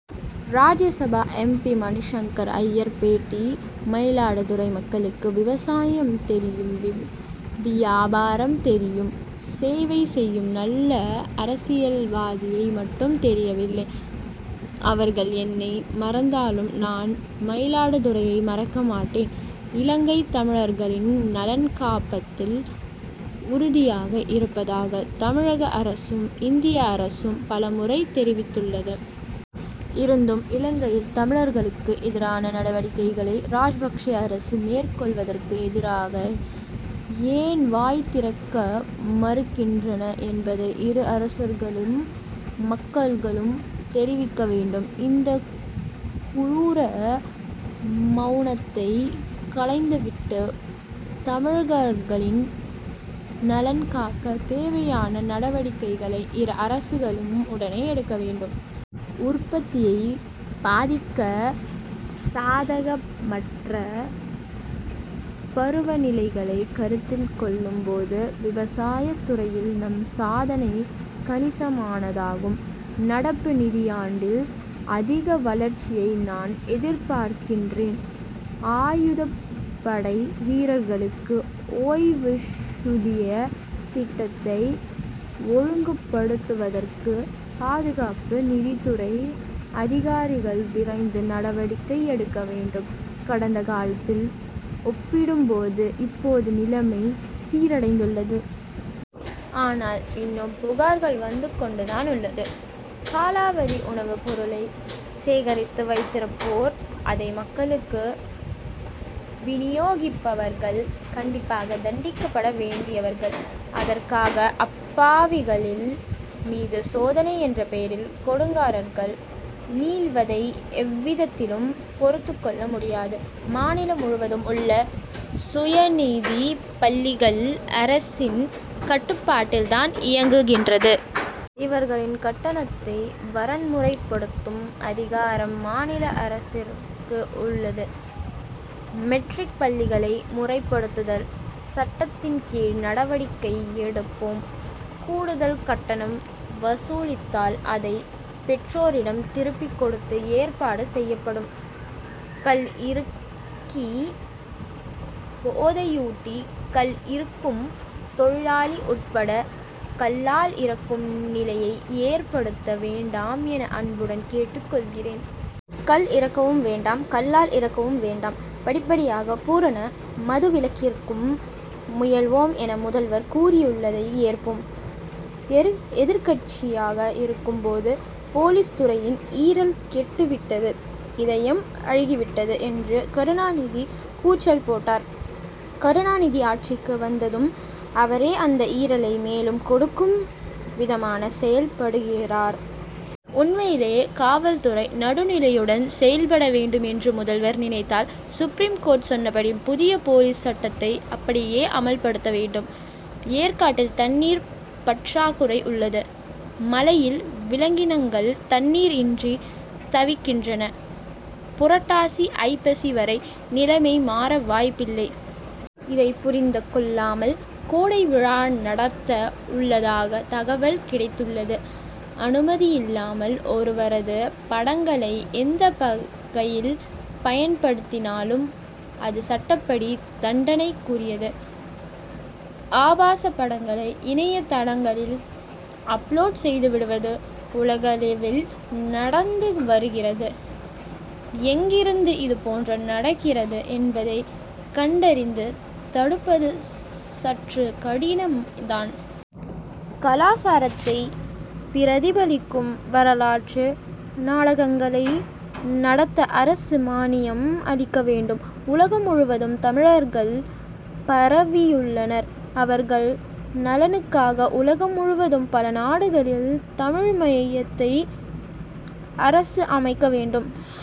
ராஜ்ய Sabha M. P. Mani Shankar Aiyar பேட்டி மயிலாடுதுறை மக்களுக்கு விவசாயம் தெரியும் வியாபாரம் தெரியும். சேவை செய்யும் நல்ல அரசியல்வாதியை மட்டும் தெரியவில்லை. அவர்கள் என்னை மறந்தாலும் நான் மயிலாடுதுறையை மறக்க மாட்டேன். இலங்கைத் தமிழர்களின் நலன் காப்பதில் உறுதியாக இருப்பதாக தமிழக அரசும் இந்திய அரசும் பல முறை தெரிவித்துள்ளது. இருந்தும் இலங்கையில் தமிழர்களுக்கு எதிரான நடவடிக்கைகளை ராஜபக்ஷே அரசு மேற்கொள்வதற்கு எதிராக ஏன் வாய் திறக்க மறுக்கின்றன என்பதை இரு அரசுகளும் மக்களுக்கு தெரிவிக்க வேண்டும். இந்த குரூர மவுனத்தை களைந்துவிட்டு தமிழர்களின் நலன் காக்க தேவையான நடவடிக்கைகளை இரு அரசுகளும் உடனே எடுக்க வேண்டும். உற்பத்தியை பாதிக்க சாதகமற்ற பருவ நிலைகளை கருத்தில் கொள்ளும் போது விவசாயத் துறையில் நம் சாதனை கணிசமானதாகும். நடப்பு நிதியாண்டில் அதிக வளர்ச்சியை நான் எதிர்பார்க்கிறேன். ஆயுதப்படை வீரர்களுக்கு ஓய்வூதிய திட்டத்தை ஒழுங்குப்படுத்துவதற்கு பாதுகாப்பு நிதித்துறை அதிகாரிகள் விரைந்து நடவடிக்கை எடுக்க வேண்டும். கடந்த காலத்தில் ஒப்பிடும் போது இப்போது நிலைமை சீரடைந்துள்ளது. ஆனால் இன்னும் புகார்கள் வந்து கொண்டுதான் உள்ளன. காலாவதி உணவுப் பொருளை சேகரித்து வைத்திருப்போர் அதை மக்களுக்கு வினியோகிப்பவர்கள் கண்டிப்பாக தண்டிக்கப்பட வேண்டியவர்கள். அதற்காக அப்பாவிகளின் மீது சோதனை என்ற பெயரில் கொடுங்கரங்கள் நீள்வதை எவ்விதத்திலும் பொறுத்துக் கொள்ள முடியாது. மாநிலம் முழுவதும் உள்ள சுயநிதிப் பள்ளிகள் அரசின் கட்டுப்பாட்டில் தான் இயங்குகின்றது. இவர்களின் கட்டணத்தை வரன்முறைப்படுத்தும் அதிகாரம் மாநில அரசிற்கு உள்ளது. மெட்ரிக் பள்ளிகளை முறைப்படுத்துதல் சட்டத்தின் கீழ் நடவடிக்கை எடுப்போம். கூடுதல் கட்டணம் வசூலித்தால் அதைப் பெற்றோரிடம் திருப்பிக் கொடுக்க ஏற்பாடு செய்யப்படும். கள் இறக்கி போதையூட்டி கள் இறக்கும் தொழிலாளி உட்பட கள்ளால் இறக்கும் நிலையை ஏற்படுத்த வேண்டாம் என அன்புடன் கேட்டுக் கொள்கிறேன். கள் இறக்கவும் வேண்டாம் கள்ளால் இறக்கவும் வேண்டாம். படிப்படியாக பூரண மதுவிலக்கிற்கும் முயல்வோம் என முதல்வர் கூறியுள்ளதை ஏற்போம். எதிர்க்கட்சியாக இருக்கும் போது போலீஸ் துறையின் ஈரல் கெட்டுவிட்டது இதயம் அழுகிவிட்டது என்று கருணாநிதி கூச்சல் போட்டார். கருணாநிதி ஆட்சிக்கு வந்ததும் அவரே அந்த ஈரலை மேலும் கொடுக்கும் விதமான செயல்படுகிறார். உண்மையிலேயே காவல் துறை நடுநிலையுடன் செயல்பட வேண்டும் என்று முதல்வர் நினைத்தால் சுப்ரீம் கோர்ட் சொன்னபடி புதிய போலீஸ் சட்டத்தை அப்படியே அமல்படுத்த வேண்டும். ஏற்காட்டில் தண்ணீர் பற்றாக்குறை உள்ளது. மலையில் விலங்கினங்கள் தண்ணீர் இன்றி தவிக்கின்றன. புரட்டாசி ஐப்பசி வரை நிலைமை மாற வாய்ப்பில்லை. இதை புரிந்து கொள்ளாமல் கோடை விழா நடத்த உள்ளதாக தகவல் கிடைத்துள்ளது. அனுமதியில்லாமல் ஒருவரது படங்களை எந்த வகையில் பயன்படுத்தினாலும் அது சட்டப்படி தண்டனைக்குரியது. ஆபாசப் படங்களை இணைய தளங்களில் அப்லோட் செய்து விடுவது உலகளவில் நடந்து வருகிறது. எங்கிருந்து இதுபோன்று நடக்கிறது என்பதை கண்டறிந்து தடுப்பது சற்று கடினம் தான். கலாசாரத்தை பிரதிபலிக்கும் வரலாற்று நாடகங்களை நடத்த அரசு மானியம் அளிக்க வேண்டும். உலகம் முழுவதும் தமிழர்கள் பரவியுள்ளனர். அவர்கள் நலனுக்காக உலகம் முழுவதும் பல நாடுகளில் தமிழ் மையத்தை அரசு அமைக்க வேண்டும்.